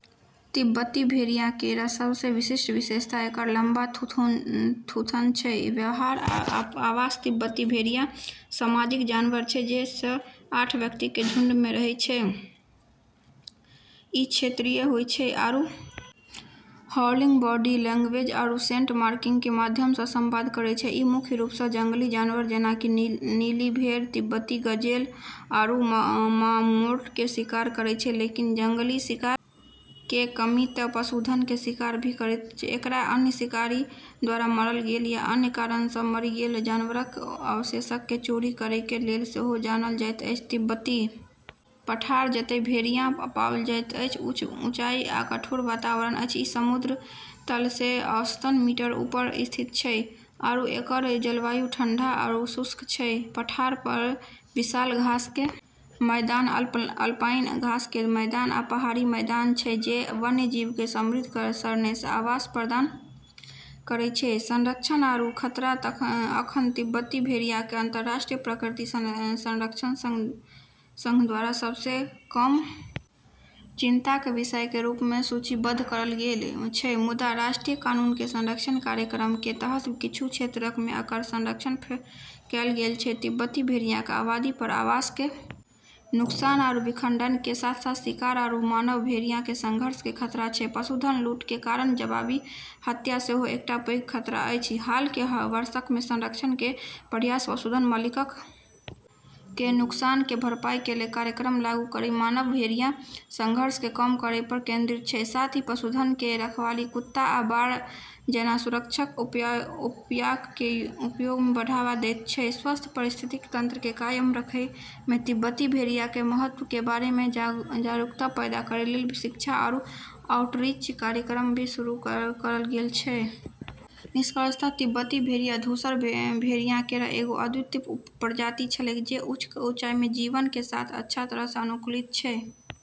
तिब्बती भेड़िया केरऽ सबसें विशिष्ट विशेषता एकरऽ लम्बा थूथन छै। व्यवहार आ आवास तिब्बती भेड़िया सामाजिक जानवर छै जे छ स आठ व्यक्तिक कें झुंड मे रहय छै, ई क्षेत्रीय होय छै आरू हाउलिंग, बॉडी लैंग्वेज आरू सेंट मार्किंग के माध्यम स॑ संवाद करै छै, ई मुख्य रूप से जंगली जानवर जेना कि नीली भेड़, तिब्बती गजेल आरू मार्मोट के शिकार करै छै लेकिन जंगली शिकार के कमी ते पशुधन के शिकार भी करतै, एकरा अन्य शिकारी द्वारा मारल गेल या अन्य कारण सं मरि गेल जानवरक कें अवशेषक कें चोरी करय कें लेल सेहो जानल जायत छै, तिब्बती पठार जतय भेड़िया पाओल जाइत अछि, उच्च ऊँचाई आ कठोर वातावरण अछि, ई समुद्र तल से औसतन मीटर ऊपर स्थित छै, आरू एकरऽ जलवायु ठंडा आरू शुष्क छै, पठार पर विशाल घास के मैदान, अल्पाइन घास के मैदान, आ पहाड़ी मैदान छै जे वन्यजीव के समृद्ध सरणी के आवास प्रदान करै छै, संरक्षण आरू खतरा अखन तिब्बती भेड़िया के अंतरराष्ट्रीय प्रकृति संरक्षण संघ द्वारा सबसें कम चिंता के विषय के रूप मे सूचीबद्ध करलऽ गेलऽ छै मुदा राष्ट्रीय कानून या संरक्षण कार्यक्रमक कें तहत किच्छू क्षेत्रक मे एकर संरक्षण कैल गेल छै, तिब्बती भेड़िया के आबादी पर आवास के नुकसान आरू विखंडन के साथ-साथ शिकार आरू मानव-भेड़िया के संघर्ष के खतरा छै, पशुधन लूट के कारण जवाबी हत्या सेहो एकटा पैघ खतरा अछि, हाल कें वर्षक मे संरक्षण कें प्रयास पशुधन मालिकक कें नुकसान कें भरपाई कें लेल कार्यक्रम लागू करयत मानव-भेड़िया संघर्ष कें कम करय पर केंद्रित छै, साथ ही पशुधन कें रखवाली कुत्ता आ बाड़ जैना सुरक्षा उपायक कें उपयोग कें बढ़ावा देयत छै, स्वस्थ पारिस्थितिकी तंत्र के कायम रखै मे तिब्बती भेड़िया के महत्व के बारे मे जागरूकता पैदा करै लेली शिक्षा आरू आउटरीच कार्यक्रम भी शुरू करलऽ गेलऽ छै। निष्कर्षतः तिब्बती भेड़िया धूसर भेड़िया केरऽ एगो अद्वितीय उपप्रजाति छेकै जे उच्च ऊँचाई पे जीवन के साथ अच्छा तरह से अनुकूलित छै।